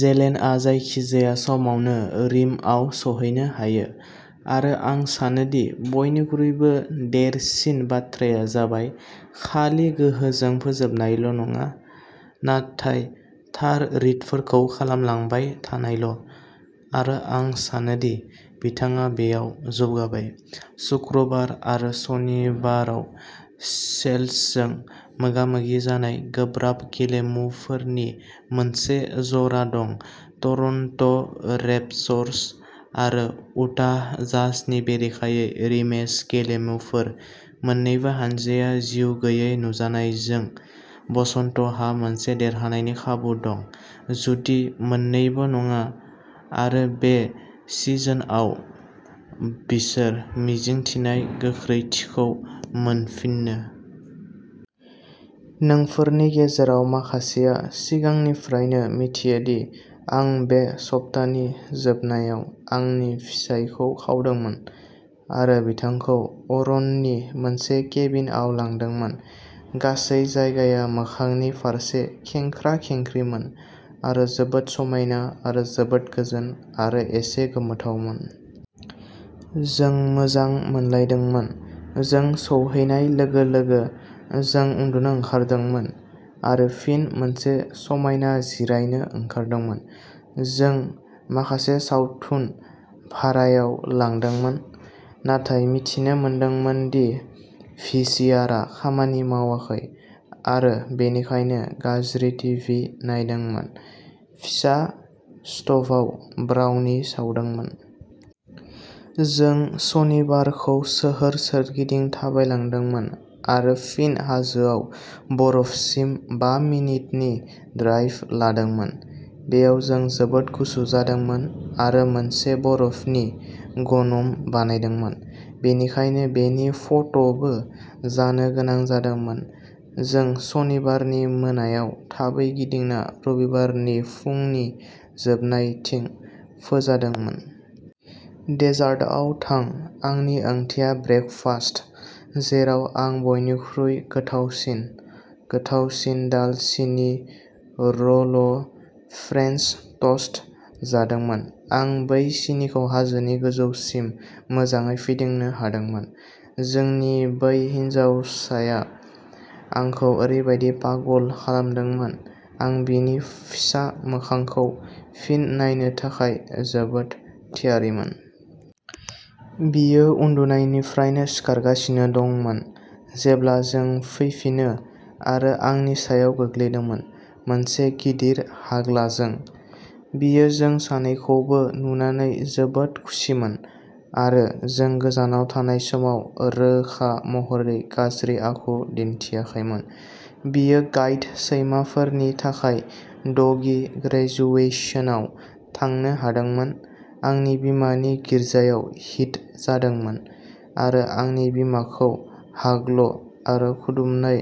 जेलेनआ जायखिजाया समावनो रिमआव सौहैनो हायो आरो आं सानो दि बयनिख्रुइबो देरसिन बाथ्राया जाबाय खालि गोहोजों फोजोबनायल' नङा, नाथाय थार रिडफोरखौ खालामलांबाय थानायल' आरो आं सानो दि बिथाङा बेयाव जौगाबाय। "सुक्रुबार आरो सनिबाराव सेल्सजों मोगा-मोगि जानाय गोब्राब गेलेमुफोरनि मोनसे जरा दं, टरन्ट'रेप्टसर्स आरो उटाह जाजनि बेरेखायै रिमेच गेलेमुफोर; मोन्नैबो हानजाया जिउ गैयै नुजानायजों, बसनटहा मोनसे देरहानायनि खाबु दं, जुदि मोन्नैबो नङा आरो बे सिजनआव बिसोर मिजिंथिनाय गोख्रैथिखौ मोनफिननो। नोंफोरनि गेजेराव माखासेआ सिगांनिफ्रायनो मिथियो दि आं बे सप्तानि जोबनायाव आंनि फिसायखौ खावदोंमोन आरो बिथांखौ अरननि मोनसे केबिनआव लांदोंमोन। गासै जायगाया मोखांनि फारसे खेंख्रा-खेंख्रिमोन आरो जोबोद समायना आरो जोबोद गोजोन आरो एसे गोमोथावमोन। जों मोजां मोनलायदोंमोन। जों सौहैनाय लोगो-लोगो, जों उन्दुनो ओंखारदोंमोन आरो फिन मोनसे समायना जिरायनो ओंखारदोंमोन। जों माखासे सावथुन भारायाव लादोंमोन, नाथाय मिथिनो मोनदोंमोन दि भिसिआरआ खामानि मावाखै आरो बेनिखायनो गाज्रि टिभि नायदोंमोन, फिसा स्ट'भआव ब्राउनि सावदोंमोन। जों सनिबारखौ सोहोर सोरगिदिं थाबायलांदोंमोन आरो फिन हाजोआव बरफसिम बा मिनिटनि ड्राइभ लादोंमोन, बेयाव जों जोबोद गुसु जादोंमोन आरो मोनसे बरफनि ग'नम बानायदोंमोन। बेनिखायनो बेनि फट'बो जानो गोनां जादोंमोन। जों सनिबारनि मोनायाव थाबै गिदिंना रबिबारनि फुंनि जोबनायथिं फोजादोंमोन। डेजार्टआव थां, आंनि ओंथिया ब्रेकफास्ट, जेराव आं बयनिख्रुइ गोथावसिन, गोथावसिन दालसिनि र'ल' फ्रेन्स ट'स्ट जादोंमोन आं बै सिनिखौ हाजोनि गोजौसिम मोजांङै फिदिंनो हादोंमोन। जोंनि बै हिनजावसाया आंखौ ओरैबादि पागल खालामदोंमोन, आं बिनि फिसा मोखांखौ फिन नायनो थाखाय जोबोद थियारिमोन। बियो उन्दुनायनिफ्रायनो सिखारगासिनो दंमोन जेब्ला जों फैफिनो आरो आंनि सायाव गोग्लैदोंमोन। मोनसे गिदिर हाग्लाजों। बियो जों सानैखौबो नुनानै जोबोद खुसिमोन आरो जों गोजानाव थानाय समाव रोखा महरै गाज्रि आखु दिन्थियाखैमोन। बियो गाइड सैमाफोरनि थाखाय डगी ग्रेजुवेशनाव थांनो हादोंमोन, आंनि बिमानि गिर्जायाव हिट जादोंमोन आरो आंनि बिमाखौ हाग्ल' आरो खुदुमनाय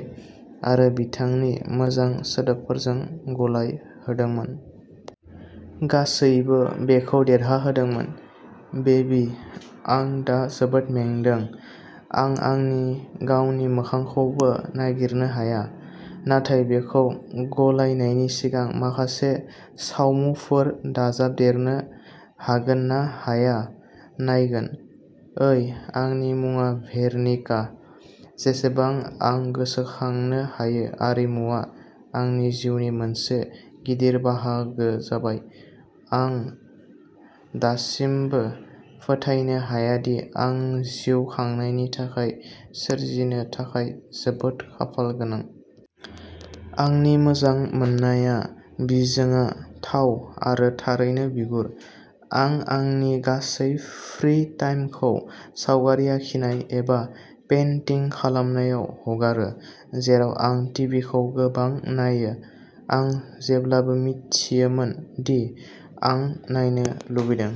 आरो बिथांनि मोजां सोदोबफोरजों गलाइहोदोंमोन। गासैबो बेखौ देरहादोंमोन, बेबि आं दा जोबोद मेंदों, आं आंनि गावनि मोखांखौबो नागिरनो हाया, नाथाय बेखौ गलायनायनि सिगां माखासे सावमुफोर दाजाबदेरनो हागोन ना हाया नायगोन। ओइ, आंनि मुङा भेरनिका! जेसेबां आं गोसोखांनो हायो आरिमुआ आंनि जिउनि मोनसे गिदिर बाहागो जाबाय। आं दासिमबो फोथायनो हाया दि आं जिउ खांनायनि थाखाय सोरजिनो थाखाय जोबोद खाफालगोनां। आंनि मोजां मोननाया बिजोंआ थाव आरो थारैनो बिगुर। आं आंनि गासै फ्रि-टाइमखौ सावगारि आखिनाय एबा पेन्टिं खालामनायाव हगारो, जेराव आं टिभिखौ गोबां नायो। आं जेब्लाबो मिथियोमोन दि आं नायनो लुबैदों।